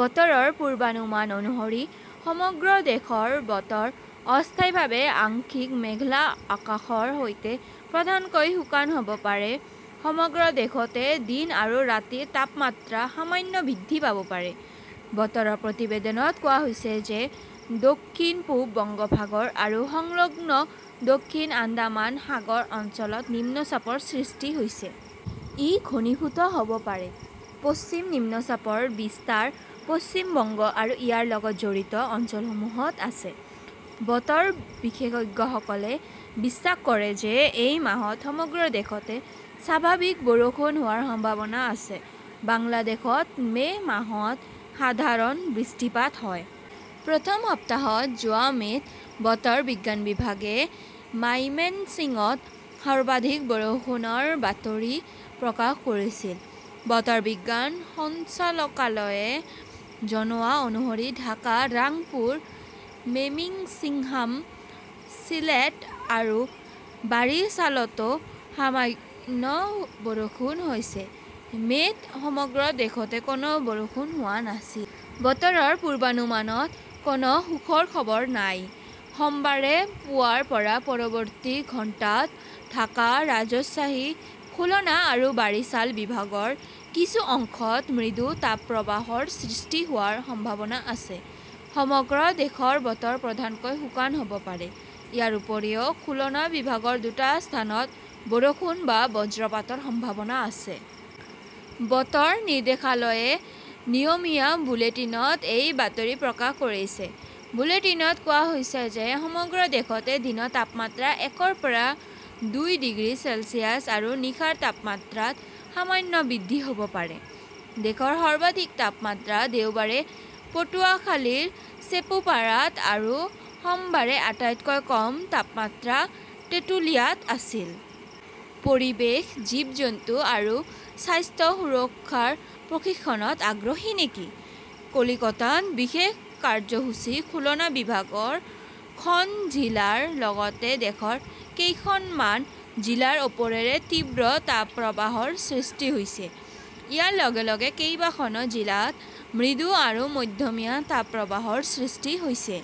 বতৰৰ পূৰ্বানুমান অনুসৰি সমগ্ৰ দেশৰ বতৰ অস্থায়ীভাৱে আংশিক মেঘলা আকাশৰ সৈতে প্ৰধানকৈ শুকান হ'ব পাৰে। সমগ্ৰ দেশতে দিন আৰু ৰাতিৰ তাপমাত্ৰা সামান্য বৃদ্ধি পাব পাৰে। বতৰৰ প্ৰতিবেদনত কোৱা হৈছে যে, দক্ষিণ-পূব বংগোপসাগৰ আৰু সংলগ্ন দক্ষিণ আন্দামান সাগৰ অঞ্চলত নিম্নচাপৰ সৃষ্টি হৈছে। ই ঘনীভূত হ'ব পাৰে। পশ্চিম নিম্নচাপৰ বিস্তাৰ পশ্চিম বংগ আৰু ইয়াৰ লগত জড়িত অঞ্চলসমূহত আছে। বতৰ বিশেষজ্ঞসকলে বিশ্বাস কৰে যে এই মাহত সমগ্ৰ দেশতে স্বাভাৱিক বৰষুণ হোৱাৰ সম্ভাৱনা আছে। বাংলাদেশত মে "মাহত সাধাৰণ বৃষ্টিপাত হয়। প্ৰথম সপ্তাহত, যোৱা মে 'ত, বতৰ বিজ্ঞান বিভাগে মাইমেনছিংত সৰ্বাধিক বৰষুণৰ বাতৰি প্ৰকাশ কৰিছিল। বতৰ বিজ্ঞান সঞ্চালকালয়ে জনোৱা অনুসৰি ঢাকা, ৰাংপুৰ, মেমিন্সিংহাম, চিলেট আৰু বাৰিচালতো সামান্য বৰষুণ হৈছে। মে 'ত সমগ্ৰ দেশতে কোনো বৰষুণ হোৱা নাছিল। বতৰৰ পূৰ্বানুমানত কোনো সুখৰ খবৰ নাই সোমবাৰে পুৱাৰ পৰা পৰৱৰ্তী ঘণ্টাত ঢাকা, ৰাজশ্বাহী, খুলনা আৰু বাৰিছাল বিভাগৰ কিছু অংশত মৃদু তাপপ্ৰৱাহৰ সৃষ্টি হোৱাৰ সম্ভাৱনা আছে। সমগ্ৰ দেশৰ বতৰ প্ৰধানকৈ শুকান হ'ব পাৰে। ইয়াৰ উপৰিও, খুলনা বিভাগৰ দুটা স্থানত বৰষুণ বা বজ্ৰপাতৰ সম্ভাৱনা আছে। বতৰ নিৰ্দেশালয়ে নিয়মীয়া বুলেটিনত এই বাতৰি প্ৰকাশ কৰিছে। বুলেটিনত কোৱা হৈছে যে, সমগ্ৰ দেশতে দিনৰ তাপমাত্ৰা একৰ পৰা দুই ডিগ্ৰী চেলছিয়াছ আৰু নিশাৰ তাপমাত্ৰাত সামান্য বৃদ্ধি হ'ব পাৰে। দেশৰ সৰ্বাধিক তাপমাত্ৰা দেওবাৰে পটুৱাখালীৰ চেপুপাৰাত আৰু সোমবাৰে আটাইতকৈ কম তাপমাত্ৰা টেটুলিয়াত আছিল। পৰিৱেশ, জীৱ-জন্তু আৰু স্বাস্থ্য সুৰক্ষাৰ প্ৰশিক্ষণত আগ্ৰহী নেকি? কলিকতাত বিশেষ কাৰ্যসূচী খুলনা বিভাগৰ খন জিলাৰ লগতে দেশৰ কেইখনমান জিলাৰ ওপৰেৰে তীব্ৰ তাপপ্ৰৱাহৰ সৃষ্টি হৈছে। ইয়াৰ লগে লগে কেইবাখনো জিলাত মৃদু আৰু মধ্যমীয়া তাপপ্ৰৱাহৰ সৃষ্টি হৈছে।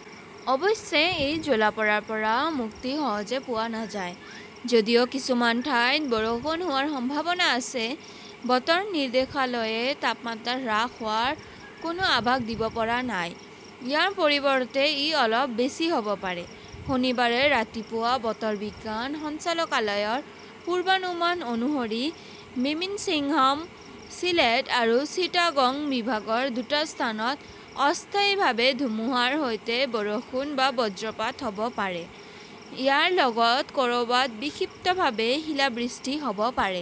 অৱশ্যে, এই জ্বলা-পোৰাৰ পৰা মুক্তি সহজে পোৱা নাযায়। যদিও কিছুমান ঠাইত বৰষুণ হোৱাৰ সম্ভাৱনা আছে, বতৰ নিৰ্দেশালয়ে তাপমাত্ৰা হ্ৰাস হোৱাৰ কোনো আভাস দিব পৰা নাই; ইয়াৰ পৰিৱৰ্তে ই অলপ বেছি হ'ব পাৰে। শনিবাৰে ৰাতিপুৱা বতৰ বিজ্ঞান সঞ্চালকালয়ৰ পূৰ্বানুমান অনুসৰি, মেমিন্সিংহাম, ছিলেট আৰু চিটাগং বিভাগৰ দুটা স্থানত অস্থায়ীভাৱে ধুমুহাৰ সৈতে বৰষুণ বা বজ্ৰপাত হ 'ব পাৰে। ইয়াৰ লগত ক'ৰবাত বিক্ষিপ্তভাৱে শিলাবৃষ্টি হ'ব পাৰে।